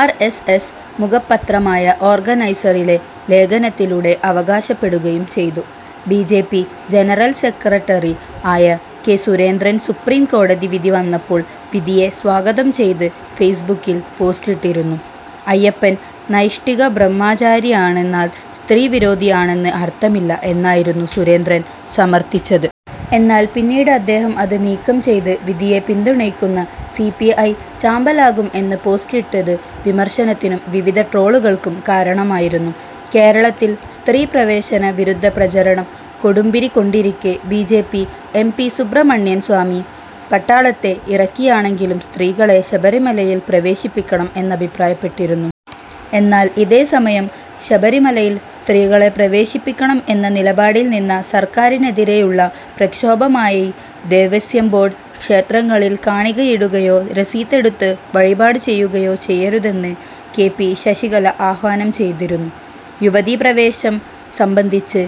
R .S. S. മുഖപത്രമായ ഓർഗനൈസറിലെ ലേഖനത്തിലൂടെ അവകാശപ്പെടുകയും ചെയ്തു. B. J. P. General secretary ആയ കെ. സുരേന്ദ്രൻ സുപ്രീം കോടതി വിധി വന്നപ്പോൾ വിധിയെ സ്വാഗതം ചെയ്ത് ഫേസ്ബുക്കിൽ പോസ്റ്റിട്ടിരുന്നു. അയ്യപ്പൻ നൈഷ്ഠികബ്രഹ്മചാരി ആണെന്നാൽ സ്ത്രീവിരോധി ആണെന്ന് അർത്ഥമില്ല എന്നായിരുന്നു സുരേന്ദ്രൻ സമർത്ഥിച്ചത്. എന്നാൽ പിന്നീട് അദ്ദേഹം അത് നീക്കം ചെയ്ത് വിധിയെ പിന്തുണയ്ക്കുന്ന സി. പി. ഐ. ചാമ്പലാകും എന്ന് പോസ്റ്റിട്ടത് വിമർശനത്തിനും വിവിധ ട്രോളുകൾക്കും കാരണമായിരുന്നു. കേരളത്തിൽ സ്ത്രീ പ്രവേശന വിരുദ്ധ പ്രചരണം കൊടുമ്പിരി കൊണ്ടിരിക്കെ B. J. P, M. P. Subramanian Swamy പട്ടാളത്തെ ഇറക്കിയാണെങ്കിലും സ്ത്രീകളെ ശബരിമലയിൽ പ്രവേശിപ്പിക്കണം എന്നഭിപ്രായപ്പെട്ടിരുന്നു. എന്നാൽ ഇതേ സമയം ശബരിമലയിൽ സ്ത്രീകളെ പ്രവേശിപ്പിക്കണം എന്ന നിലപാടിൽ നിന്ന സർക്കാരിനെതിരെ ഉള്ള പ്രക്ഷോഭമായി ദേവസ്വം ബോർഡ് ക്ഷേത്രങ്ങളിൽ കാണികയിടുകയോ രസീതെടുത്ത് വഴിപാട് ചെയ്യുകയോ ചെയ്യരുതെന്ന് കെ. പി. ശശികല ആഹ്വാനം ചെയ്തിരുന്നു. യുവതീപ്രവേശം സംബന്ധിച്ച്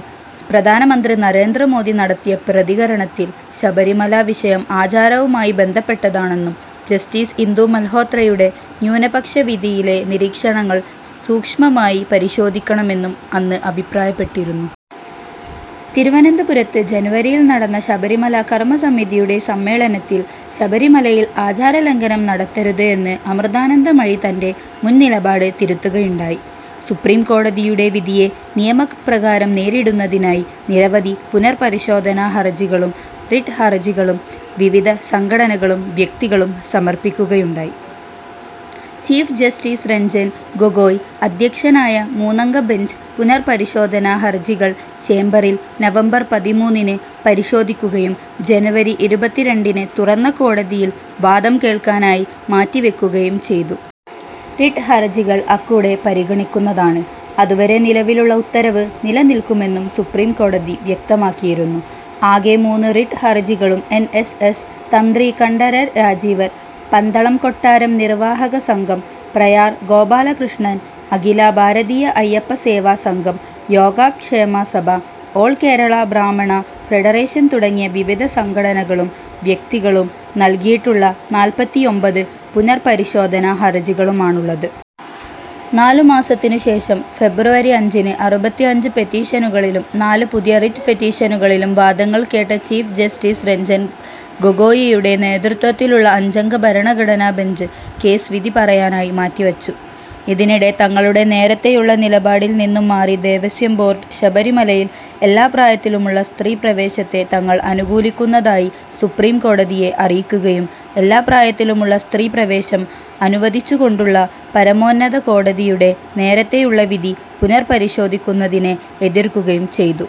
പ്രധാനമന്ത്രി നരേന്ദ്ര മോദി നടത്തിയ പ്രതികരണത്തിൽ, ശബരിമല വിഷയം ആചാരവുമായി ബന്ധപ്പെട്ടതാണെന്നും ജസ്റ്റിസ് ഇന്ദു മൽഹോത്രയുടെ ന്യൂനപക്ഷ വിധിയിലെ നിരീക്ഷണങ്ങൾ സൂക്ഷ്മമായി പരിശോധിക്കണമെന്നും അന്ന് അഭിപ്രായപ്പെട്ടിരുന്നു. തിരുവനന്തപുരത്ത് ജനുവരിയിൽ നടന്ന ശബരിമല കർമ്മസമിതിയുടെ സമ്മേളനത്തിൽ ശബരിമലയിൽ ആചാരലംഘനം നടത്തരുത് എന്ന് അമൃതാനന്ദമയി തന്റെ മുൻനിലപാട് തിരുത്തുകയുണ്ടായി. സുപ്രീം കോടതിയുടെ വിധിയെ നിയമപ്രകാരം നേരിടുന്നതിനായി നിരവധി പുനർപരിശോധനാ ഹർജികളും റിട്ട് ഹർജികളും വിവിധ സംഘടനകളും വ്യക്തികളും സമർപ്പിക്കുകയുണ്ടായി. ചീഫ് ജസ്റ്റിസ് രഞ്ജൻ ഗൊഗോയ് അദ്ധ്യക്ഷനായ മൂന്നംഗ ബെഞ്ച് പുനർപരിശോധനാ ഹർജികൾ ചേംബറിൽ, നവംബർ പതിമൂന്നിന് പരിശോധിക്കുകയും ജനുവരി ഇരുപത്തിരണ്ടിന് തുറന്ന കോടതിയിൽ വാദം കേൾക്കാനായി മാറ്റി വെക്കുകയും ചെയ്തു. റിട്ട് ഹർജികൾ അക്കൂടെ പരിഗണിക്കുന്നതാണ്. അതുവരെ നിലവിലുള്ള ഉത്തരവ് നിലനിൽക്കുമെന്നും സുപ്രീം കോടതി വ്യക്തമാക്കിയിരുന്നു. ആകെ മൂന്ന് റിട്ട് ഹർജികളും എൻ. എസ്. എസ്, തന്ത്രി കണ്ഠരര് രാജീവര്, പന്തളം കൊട്ടാരം നിർവാഹക സംഘം, പ്രയാർ ഗോപാലകൃഷ്ണൻ, അഖില ഭാരതീയ അയ്യപ്പ സേവാ സംഘം, യോഗക്ഷേമ സഭ, ഓൾ കേരള ബ്രാഹ്മണ ഫെഡറേഷൻ തുടങ്ങി വിവിധ സംഘടനകളും വ്യക്തികളും നൽകിയിട്ടുള്ള നാല്പത്തിയൊമ്പത് പുനർപരിശോധനാ ഹർജികളുമാണുള്ളത്. നാലുമാസത്തിനുശേഷം ഫെബ്രുവരി അഞ്ചിന് അറുപത്തിഅഞ്ച് പെറ്റീഷനുകളിലും നാല് പുതിയ റിട്ട് പെറ്റീഷനുകളിലും വാദങ്ങൾ കേട്ട ചീഫ് ജസ്റ്റിസ് രഞ്ജൻ ഗൊഗോയിയുടെ നേതൃത്വത്തിലുള്ള അഞ്ചംഗഭരണഘടനാബെഞ്ച് കേസ് വിധിപറയാനായി മാറ്റിവച്ചു. ഇതിനിടെ തങ്ങളുടെ നേരത്തെയുള്ള നിലപാടിൽ നിന്നും മാറി ദേവസ്വം ബോർഡ് ശബരിമലയിൽ എല്ലാപ്രായത്തിലുമുള്ള സ്ത്രീപ്രവേശത്തെ തങ്ങൾ അനുകൂലിക്കുന്നതായി സുപ്രീം കോടതിയെ അറിയിക്കുകയും എല്ലാപ്രായത്തിലുമുള്ള സ്ത്രീപ്രവേശം അനുവദിച്ചുകൊണ്ടുള്ള പരമോന്നതകോടതിയുടെ നേരത്തെയുള്ള വിധി പുനഃപരിശോധിക്കുന്നതിനെ എതിർക്കുകയും ചെയ്തു.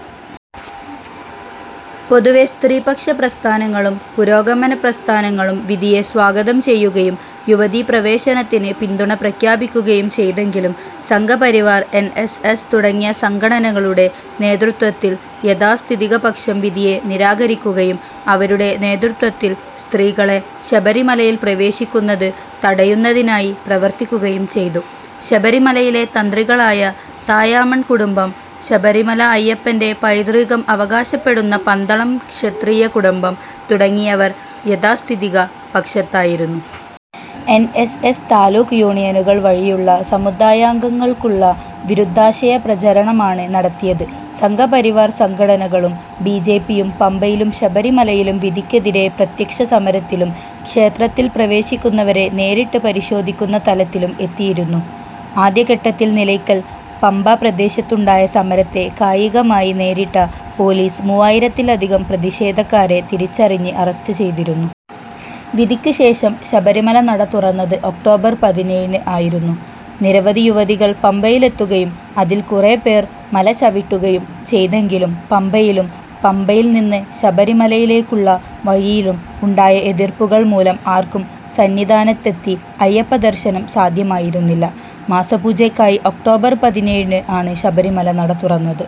പൊതുവേ സ്ത്രീപക്ഷ പ്രസ്ഥാനങ്ങളും പുരോഗമനപ്രസ്ഥാനങ്ങളും വിധിയെ സ്വാഗതം ചെയ്യുകയും യുവതീപ്രവേശനത്തിന് പിന്തുണപ്രഖ്യാപിക്കുകയും ചെയ്തെങ്കിലും; സംഘപരിവാർ, എൻ. എസ്. എസ്. തുടങ്ങിയ സംഘടനകളുടെ നേതൃത്വത്തിൽ യാഥാസ്ഥിതികപക്ഷം വിധിയെ നിരാകരിക്കുകയും അവരുടെ നേതൃത്വത്തിൽ സ്ത്രീകളെ ശബരിമലയിൽ പ്രവേശിക്കുന്നത് തടയുന്നതിനായി പ്രവർത്തിക്കുകയും ചെയ്തു. ശബരിമലയിലെ തന്ത്രികളായ താഴമൺ കുടുംബം, ശബരിമല അയ്യപ്പന്റെ പൈതൃകം അവകാശപ്പെടുന്ന പന്തളം ക്ഷത്രിയ കുടുംബം തുടങ്ങിയവർ യാഥാസ്ഥിതിക പക്ഷത്തായിരുന്നു. എൻ. എസ്. എസ്., താലൂക്ക് യൂണിയനുകൾ വഴിയുള്ള സമുദായാംഗങ്ങൾക്കുള്ള വിരുദ്ധാശയ പ്രചരണമാണ് നടത്തിയത്. സംഘപരിവാർ സംഘടനകളും ബി. ജെ. പി. യും പമ്പയിലും ശബരിമലയിലും വിധിക്കെതിരെ പ്രത്യക്ഷസമരത്തിലും, ക്ഷേത്രത്തിൽ പ്രവേശിക്കുന്നവരെ നേരിട്ട് പരിശോധിക്കുന്ന തലത്തിലും എത്തിയിരുന്നു. ആദ്യഘട്ടത്തിൽ നിലയ്ക്കൽ-പമ്പ പ്രദേശത്തുണ്ടായ സമരത്തെ കായികമായി നേരിട്ട പോലീസ് മൂവായിരത്തിലധികം പ്രതിഷേധക്കാരെ തിരിച്ചറിഞ്ഞ് അറസ്റ്റ് ചെയ്തിരുന്നു. വിധിക്ക് ശേഷം ശബരിമല നട തുറന്നത് ഒക്ടോബർ പതിനേഴിന് ആയിരുന്നു. നിരവധി യുവതികൾ പമ്പയിലെത്തുകയും അതിൽ കുറേപ്പേർ മലചവിട്ടുകയും ചെയ്തെങ്കിലും, പമ്പയിലും പമ്പയിൽ നിന്ന് ശബരിമലയിലേക്കുള്ള വഴിയിലും ഉണ്ടായ എതിർപ്പുകൾ മൂലം ആർക്കും സന്നിധാനത്തെത്തി അയ്യപ്പദർശനം സാദ്ധ്യമായിരുന്നില്ല. മാസപൂജയ്ക്കായി ഒക്ടോബർ പതിനേഴിന് ആണ് ശബരിമല നട തുറന്നത്.